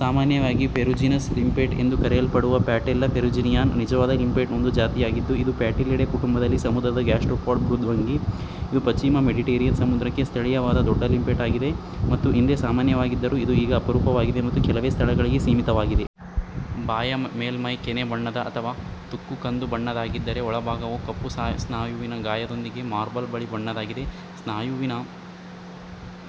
ಸಾಮಾನ್ಯವಾಗಿ ferruginous limpet ಎಂದು ಕರೆಯಲ್ಪಡುವ ಪ್ಯಾಟೆಲ್ಲಾ ಫೆರುಜಿನಿಯಾ ನಿಜವಾದ ಲಿಂಪೆಟ್ನ ಒಂದು ಜಾತಿಯಾಗಿದ್ದು, ಇದು ಪ್ಯಾಟೆಲ್ಲಿಡೆ ಕುಟುಂಬದಲ್ಲಿ ಸಮುದ್ರದ ಗ್ಯಾಸ್ಟ್ರೋಪಾಡ್ ಮೃದ್ವಂಗಿ. ಇದು ಪಶ್ಚಿಮ ಮೆಡಿಟರೇನಿಯನ್ ಸಮುದ್ರಕ್ಕೆ ಸ್ಥಳೀಯವಾದ ದೊಡ್ಡ ಲಿಂಪೆಟ್ ಆಗಿದೆ, ಮತ್ತು ಹಿಂದೆ ಸಾಮಾನ್ಯವಾಗಿದ್ದರೂ, ಇದು ಈಗ ಅಪರೂಪವಾಗಿದೆ ಮತ್ತು ಕೆಲವೇ ಸ್ಥಳಗಳಿಗೆ ಸೀಮಿತವಾಗಿದೆ. ಬಾಹ್ಯ ಮೇಲ್ಮೈ ಕೆನೆ ಬಣ್ಣದ ಅಥವಾ ತುಕ್ಕು ಕಂದು ಬಣ್ಣದ್ದಾಗಿದ್ದರೆ, ಒಳಭಾಗವು ಕಪ್ಪು ಸ್ನಾಯುವಿನ ಗಾಯದೊಂದಿಗೆ ಮಾರ್ಬಲ್ ಬಿಳಿ ಬಣ್ಣದ್ದಾಗಿದೆ. ಸ್ನಾಯುವಿನ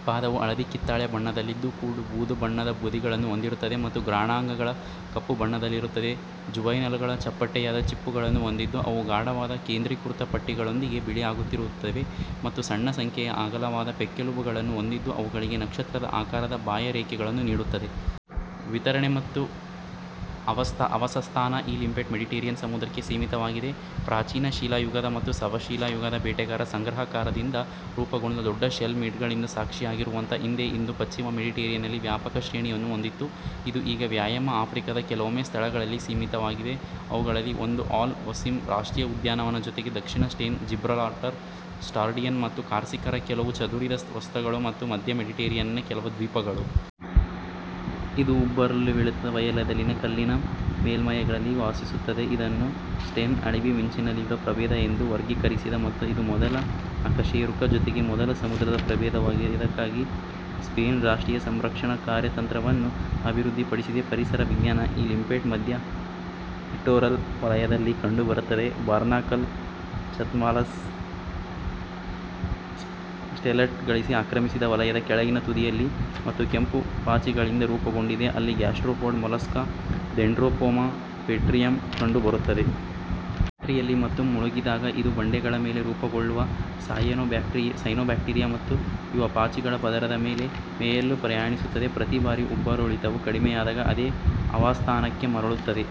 ಪಾದವು ಹಳದಿ-ಕಿತ್ತಳೆ ಬಣ್ಣದಲ್ಲಿದ್ದು, ಕಡು ಬೂದು ಬಣ್ಣದ ಬದಿಗಳನ್ನು ಹೊಂದಿರುತ್ತದೆ ಮತ್ತು ಗ್ರಹಣಾಂಗಗಳು ಕಪ್ಪು ಬಣ್ಣದಲ್ಲಿರುತ್ತವೆ. ಜುವೆನೈಲ್ಗಳು ಚಪ್ಪಟೆಯಾದ ಚಿಪ್ಪುಗಳನ್ನು ಹೊಂದಿದ್ದು, ಅವು ಗಾಢವಾದ ಕೇಂದ್ರೀಕೃತ ಪಟ್ಟಿಗಳೊಂದಿಗೆ ಬಿಳಿಯಾಗಿರುತ್ತವೆ ಮತ್ತು ಸಣ್ಣ ಸಂಖ್ಯೆಯ ಅಗಲವಾದ ಪಕ್ಕೆಲುಬುಗಳನ್ನು ಹೊಂದಿದ್ದು, ಅವುಗಳಿಗೆ ನಕ್ಷತ್ರದ ಆಕಾರದ ಬಾಹ್ಯರೇಖೆಗಳನ್ನು ನೀಡುತ್ತವೆ. ವಿತರಣೆ ಮತ್ತು ಆವಾಸಸ್ಥಾನ ಈ ಲಿಂಪೆಟ್ ಮೆಡಿಟರೇನಿಯನ್ ಸಮುದ್ರಕ್ಕೆ ಸೀಮಿತವಾಗಿದೆ. ಪ್ರಾಚೀನ ಶಿಲಾಯುಗದ ಮತ್ತು ನವಶಿಲಾಯುಗದ ಬೇಟೆಗಾರ ಸಂಗ್ರಹಕಾರರಿಂದ ರೂಪುಗೊಂಡ ದೊಡ್ಡ ಶೆಲ್ ಮಿಡನ್ಗಳಿಂದ ಸಾಕ್ಷಿಯಾಗಿರುವಂತೆ, ಹಿಂದೆ ಇದು ಪಶ್ಚಿಮ ಮೆಡಿಟರೇನಿಯನ್ನಲ್ಲಿ ವ್ಯಾಪಕ ಶ್ರೇಣಿಯನ್ನು ಹೊಂದಿತ್ತು. ಇದು ಈಗ ವಾಯುವ್ಯ ಆಫ್ರಿಕಾದ ಕೆಲವು ಸ್ಥಳಗಳಿಗೆ ಸೀಮಿತವಾಗಿದೆ, ಅವುಗಳಲ್ಲಿ ಒಂದು ಅಲ್ ಹೊಸಿಮಾ ರಾಷ್ಟ್ರೀಯ ಉದ್ಯಾನವನ, ಜೊತೆಗೆ ದಕ್ಷಿಣ ಸ್ಪೇನ್, ಜಿಬ್ರಾಲ್ಟರ್, ಸಾರ್ಡಿನಿಯಾ ಮತ್ತು ಕಾರ್ಸಿಕಾದ ಕೆಲವು ಚದುರಿದ ಸ್ಥಳಗಳು ಮತ್ತು ಮಧ್ಯ ಮೆಡಿಟರೇನಿಯನ್ನ ಕೆಲವು ದ್ವೀಪಗಳು. ಇದು ಉಬ್ಬರವಿಳಿತದ ವಲಯದಲ್ಲಿನ ಕಲ್ಲಿನ ಮೇಲ್ಮೈಗಳಲ್ಲಿ ವಾಸಿಸುತ್ತದೆ. ಇದನ್ನು ಸ್ಪೇನ್ "ಅಳಿವಿನಂಚಿನಲ್ಲಿರುವ ಪ್ರಭೇದ" ಎಂದು ವರ್ಗೀಕರಿಸಿದೆ ಮತ್ತು ಇದು ಮೊದಲ ಅಕಶೇರುಕ, ಜೊತೆಗೆ ಮೊದಲ ಸಮುದ್ರ ಪ್ರಭೇದವಾಗಿದೆ, ಇದಕ್ಕಾಗಿ ಸ್ಪೇನ್ ರಾಷ್ಟ್ರೀಯ ಸಂರಕ್ಷಣಾ ಕಾರ್ಯತಂತ್ರವನ್ನು ಅಭಿವೃದ್ಧಿಪಡಿಸಿದೆ. ಪರಿಸರ ವಿಜ್ಞಾನ ಈ ಲಿಂಪೆಟ್ ಮಧ್ಯ-ಲಿಟ್ಟೋರಲ್ ವಲಯದಲ್ಲಿ ಕಂಡುಬರುತ್ತದೆ, ಬಾರ್ನಾಕಲ್ ಚ್ಥಮಾಲಸ್ ಸ್ಟೆಲ್ಲಟಸ್ ಆಕ್ರಮಿಸಿದ ವಲಯದ ಕೆಳಗಿನ ತುದಿಯಲ್ಲಿ ಮತ್ತು ಕೆಂಪು ಪಾಚಿಗಳಿಂದ ರೂಪುಗೊಂಡಿದೆ, ಅಲ್ಲಿ ಗ್ಯಾಸ್ಟ್ರೋಪಾಡ್ ಮೊಲಸ್ಕ್ ಡೆಂಡ್ರೊಪೊಮಾ ಪೆಟ್ರಿಯಮ್ ಕಂಡುಬರುತ್ತದೆ. ರಾತ್ರಿಯಲ್ಲಿ ಮತ್ತು ಮುಳುಗಿದಾಗ, ಇದು ಬಂಡೆಗಳ ಮೇಲೆ ರೂಪುಗೊಳ್ಳುವ ಸಯನೋಬ್ಯಾಕ್ಟೀರಿಯಾ ಮತ್ತು ಯುವ ಪಾಚಿಗಳ ಪದರದ ಮೇಲೆ ಮೇಯಲು ಪ್ರಯಾಣಿಸುತ್ತದೆ, ಪ್ರತಿ ಬಾರಿ ಉಬ್ಬರವಿಳಿತವು ಕಡಿಮೆಯಾದಾಗ ಅದೇ ಆವಾಸಸ್ಥಾನಕ್ಕೆ ಮರಳುತ್ತದೆ.